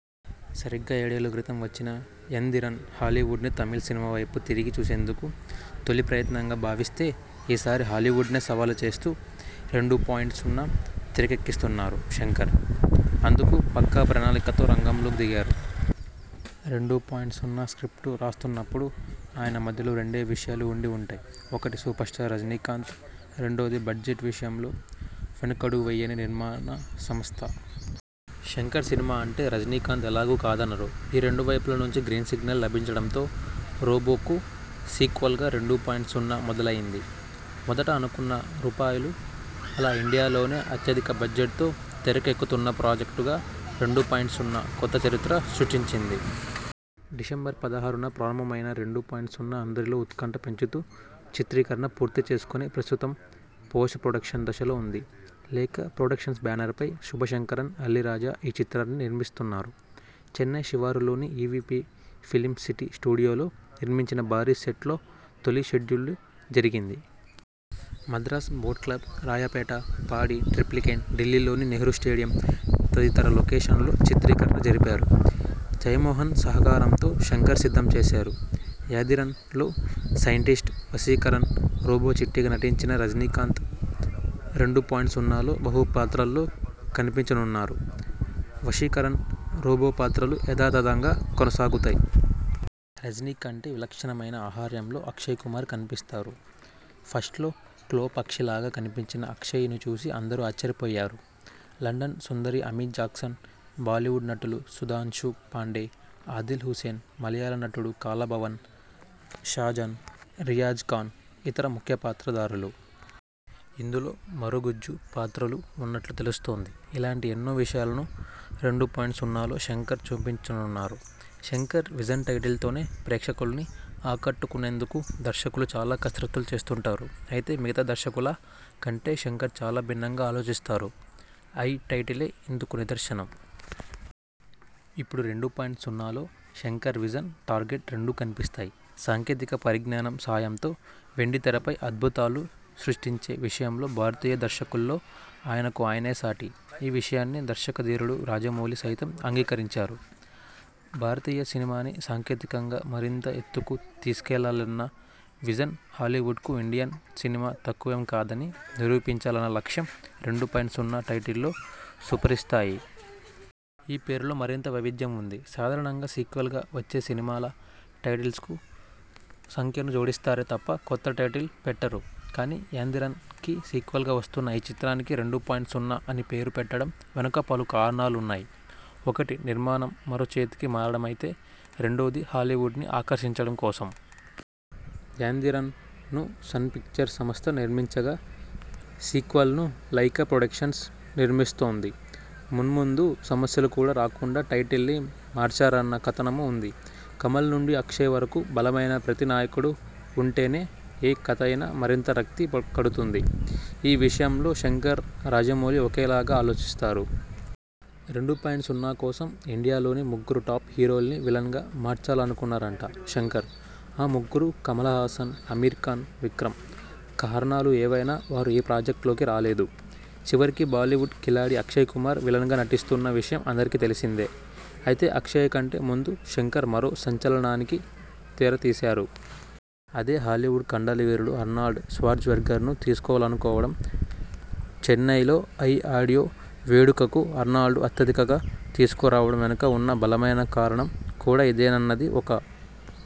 సరిగ్గా ఏడేళ్ల కిత్రం వచ్చిన 'యందిరన్' హాలీవుడ్ని తమిళ సినిమావైపు తిరిగి చూసేందుకు తొలి ప్రయత్నంగా భావిస్తే ఈసారి హాలీవుడ్నే సవాలు చేస్తూ 'రెండు పాయింట్ సున్నా' తెరకెక్కిస్తున్నారు శంకర్. అందుకు పక్కా ప్రణాళికతో రంగంలో దిగారు. 'రెండు పాయింట్ సున్నా' స్క్రిప్ట్ రాస్తున్నప్పుడు ఆయన మదిలో రెండే విషయాలు ఉండి ఉంటాయి ఒకటి సూపర్స్టార్ రజనీకాంత్, రెండోది బడ్జెట్ విషయంలో వెనకడుగు వేయని నిర్మాణ స సంస్థ. శంకర్ సినిమా అంటే రజనీకాంత్ ఎలాగూ కాదనరు. ఈ రెండు వైపుల నుంచి గ్రీన్ సిగ్నల్ లభించడంతో 'రోబో'కు సీక్వెల్గా 'రెండు పాయింట్ సున్నా' మొదలైంది. మొదట అనుకొన్న రూపాయలు. అలా ఇండియాలోనే అత్యధిక బడ్జెట్తో తెరకెక్కుతున్న ప్రాజెక్టుగా 'రెండు పాయింట్ సున్నా' కొత్త చరిత్ర సృష్టించింది. డిసెంబర్ పదహారున ప్రారంభమైన 'రెండు పాయింట్ సున్నా' అందరిలో ఉత్కంఠ పెంచుతూ చిత్రీకరణ పూర్తిచేసుకొని ప్రస్తుతం పోస్ట్ ప్రొడక్షన్ దశలో ఉంది. లైకా ప్రొడక్షన్స్ బ్యానర్పై సుభాస్కరన్ అల్లి రాజా ఈ చిత్రాన్ని నిర్మిస్తున్నారు. చెన్నై శివారులోని ఈవీపీ ఫిలిం సిటీ స్టూడియోలో నిర్మించిన భారీ సెట్లో తొలి షెడ్యూల్ జరిగింది. మద్రాస్ బోట్ క్లబ్, రాయపేట, పాడి, ట్రిప్లికేన్, ఢిల్లీలోని నెహ్రూ స్టేడియం తదితర లొకేషన్లలో చిత్రీకరణ జరిపారు. జయమోహన్ సహకారంతో శంకర్ సిద్ధం చేశారు. 'యందిరన్'లో సైంటిస్ట్ వశీకరణ్, రోబో చిట్టిగా నటించిన రజనీకాంత్ 'రెండు పాయింట్ సున్నా'లో బహు పాత్రల్లో కనిపించనున్నారు. వశీకరణ్, రోబో పాత్రలు యథాతథంగా కొనసాగుతాయి. రజనీ కంటే విలక్షణమైన ఆహార్యంలో అక్షయ్ కుమార్ కనిపిస్తారు. ఫస్ట్ లో క్లో పక్షిలాగా కనిపించిన అక్షయ్ ని చూసి అందరూ ఆశ్చర్యపోయారు. లండన్ సుందరి అమీ జాక్సన్, బాలీవుడ్ నటులు సుధాంశు పాండే, ఆదిల్ హుస్సేన్, మలయాళ నటుడు 'కళాభవన్' షాజాన్, రియాజ్ఖాన్ ఇతర ముఖ్య పాత్రధారులు. ఇందులో మరుగుజ్జు పాత్రలూ ఉన్నట్లు తెలుస్తోంది. ఇలాంటి ఎన్నో విశేషాలను 'రెండు పాయింట్ సున్నా'లో శంకర్ చూపించనున్నారు. శంకర్ విజన్టైటిల్తోనే ప్రేక్షకుల్ని ఆకట్టుకునేందుకు దర్శకులు చాలా కసరత్తులు చేస్తుంటారు. అయితే మిగతా దర్శకుల కంటే శంకర్ చాలా భిన్నంగా ఆలోచిస్తారు. 'ఐ' టైటిలే ఇందుకు నిదర్శనం. ఇప్పుడు 'రెండు పాయింట్ సున్నా'లో శంకర్ విజన్, టార్గెట్ రెండూ కనిపిస్తాయి. సాంకేతిక పరిజ్ఞానం సాయంతో వెండితెరపై అద్భుతాలు సృష్టించే విషయంలో భారతీయ దర్శకుల్లో ఆయనకు ఆయనే సాటి. ఈ విషయాన్ని దర్శక ధీరుడు రాజమౌళి సైతం అంగీకరించారు. భారతీయ సినిమాని సాంకేతికంగా మరింత ఎత్తుకు తీసుకెళ్లాలన్న విజన్, హాలీవుడ్కు ఇండియన్ సినిమా తక్కువేం కాదని నిరూపించాలన్న లక్ష్యం 'రెండు పాయింట్ సున్నా' టైటిల్లో సుపరిస్తాయి. ఈ పేరులో మరింత వైవిధ్యం ఉంది. సాధారణంగా సీక్వెల్గా వచ్చే సినిమాల టైటిల్స్కి సంఖ్యను జోడిస్తారే తప్ప కొత్త టైటిల్ పెట్టరు. కానీ, 'యందిరన్'కి సీక్వెల్గా వస్తున్న ఈ చిత్రానికి 'రెండు పాయింట్ సున్నా' అని పేరు పెట్టడం వెనుక పలు కారణాలున్నాయి. ఒకటి నిర్మాణం మరో చేతికి మారడమైతే, రెండోది హాలీవుడ్నీ ఆకర్షించడం కోసం. 'యందిరన్'ను సన్ పిక్చర్స్ సంస్థ నిర్మించగా, సీక్వెల్ను లైకా ప్రొడక్షన్స్ నిర్మిస్తోంది. మున్ముందు సమస్యలు కూడా రాకుండా టైటిల్ను మార్చారన్న కథనమూ ఉంది. కమల్ నుండి అక్షయ్ వరకు బలమైన ప్రతినాయకుడు ఉంటేనే ఏ కథయినా మరింత రక్తి కడుతుంది. ఈ విషయంలో శంకర్, రాజమౌళి ఒకలాగే ఆలోచిస్తారు. 'రెండు పాయింట్ సున్నా' కోసం ఇండియాలోని ముగ్గురు టాప్ హీరోల్ని విలన్గా మార్చాలనుకున్నారట శంకర్. ఆ ముగ్గురూ కమల్హాసన్, ఆమిర్ఖాన్, విక్రమ్. కారణాలు ఏవైనా వారు ఈ ప్రాజెక్టులోకి రాలేదు. చివరికి బాలీవుడ్ కిలాడీ అక్షయ్ కుమార్ విలన్గా నటిస్తున్న విషయం అందరికీ తెలిసిందే. అయితే అక్షయ్ కంటే ముందు శంకర్ మరో సంచలనానికి తెరతీశారు. అదే హాలీవుడ్ కండలవీరుడు ఆర్నాల్డ్ ష్వార్జ్నెగ్గర్ను తీసుకోవాలనుకోవడం. చెన్నైలో 'ఐ' ఆడియో వేడుకకు ఆర్నాల్డ్ను అతిథిగా తీసుకురావడం వెనుక ఉన్న బలమైన కారణం కూడా ఇదేనన్నది ఒక